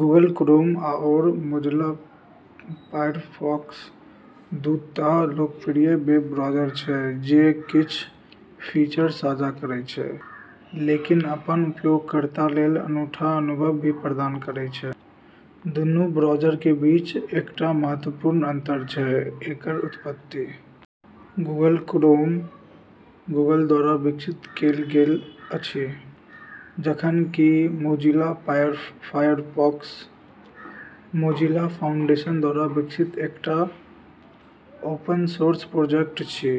Google Chrome आओर Mozilla Firefox दू ता लोकप्रिय वेब ब्राउज़र छै जे किछ फीचर साझा करै छै, लेकिन अपन उपयोगकर्ता लेल अनूठा अनुभव भी प्रदान करै छै। दुन्नू ब्राउज़रके बीच एकटा महत्वपूर्ण अंतर छै एकर उत्पत्ति। गूगल क्रोम गूगल द्वारा विकसित कएल गेल अछि, जखन कि मोजिला फायरफॉक्स मोजिला फाउंडेशन द्वारा विकसित एकटा ओपन-सोर्स प्रोजेक्ट अछि।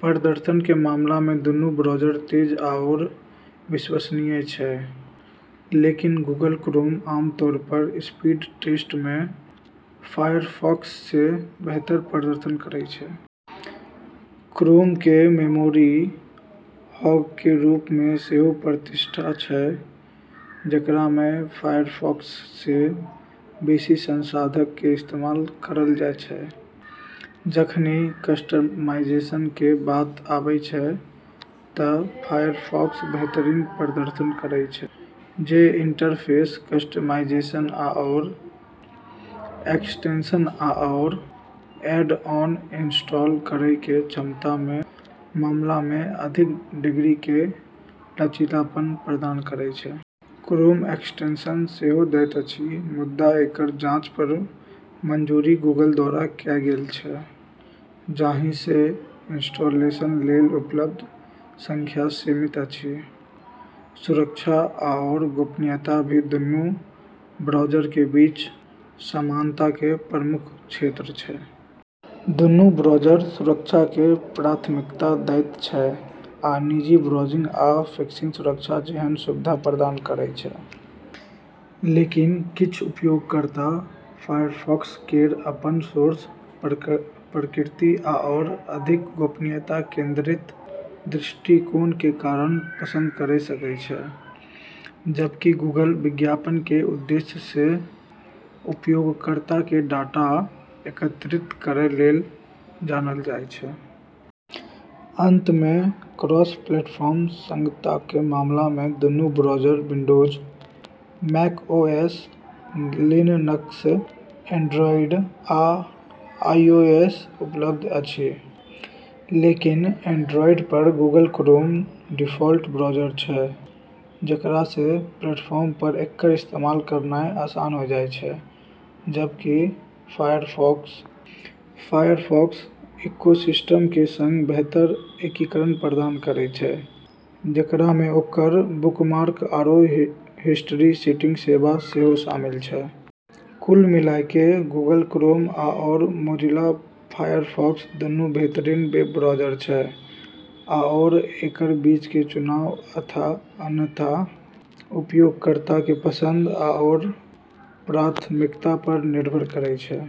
प्रदर्शनके मामलामे दुन्नू ब्राउज़र तेज आओर विश्वसनीय छै, लेकिन गूगल क्रोम आम तौर पर स्पीड टेस्टमे फायरफॉक्ससँ बेहतर प्रदर्शन करै छै। क्रोमके मेमोरी हॉगके रूपमे सेहो प्रतिष्ठा छै, जेकरामे फायरफॉक्ससँ बेशी संसाधनके इस्तेमाल करल जाइ छै। जखनि कस्टमाइजेशनके बात आबै छै त' फायरफॉक्स बेहतरीन प्रदर्शन करै छै, जे इंटरफेस कस्टमाइजेशन आओर एक्सटेंशन आओर ऐड-ऑन इंस्टॉल करैके क्षमताके मामलामे अधिक डिग्रीके लचीलापन प्रदान करै छै। क्रोम एक्सटेंशन सेहो दैत अछि, मुदा एकर जाँच आ मंजूरी गूगल द्वारा कएल गेल अछि, जाहिसँ इंस्टॉलेशन लेल उपलब्ध संख्या सीमित अछि। सुरक्षा आओर गोपनीयता भी दुन्नू ब्राउज़रके बीच समानताके प्रमुख क्षेत्र छै। दुन्नू ब्राउज़र सुरक्षाके प्राथमिकता दैत छै आ निजी ब्राउजिंग आ फिशिंग सुरक्षा जेहन सुविधा प्रदान करैत छै। लेकिन किछ उपयोगकर्ता फायरफॉक्स केर ओपन-सोर्स प्रकृति आओर अधिक गोपनीयता केंद्रित दृष्टिकोणके कारण पसंद करि सकै छै, जबकि गूगल विज्ञापनके उद्देश्यसँ उपयोगकर्ताके डाटा एकत्रित करै लेल जानल जाइत छै। अंत में, क्रॉस-प्लेटफॉर्म संगतताके मामलामे, दुन्नू browser Windows, mac OS, Linux, Android, आ आईओएस पर उपलब्ध अछि। लेकिन एंड्रॉयड पर गूगल क्रोम डिफ़ॉल्ट ब्राउज़र छै, जेकरासँ प्लेटफॉर्म पर एकर इस्तेमाल करनाइ आसान होइ जाइ छै, जबकि फायरफॉक्स, फायरफॉक्स इकोसिस्टमके सङ्ग बेहतर एकीकरण प्रदान करै छै, जेकरामे ओकर बुकमार्क आओर हिस्ट्री सिंकिंग सेवा सेहो शामिल छै। कुल मिलाके गूगल क्रोम आओर मोजिला फायरफॉक्स दुन्नू बेहतरीन वेब ब्राउज़र छै, आओर एकर बीचके चुनाव अंततः उपयोगकर्ताके पसंद आओर प्राथमिकता पर निर्भर करै छै।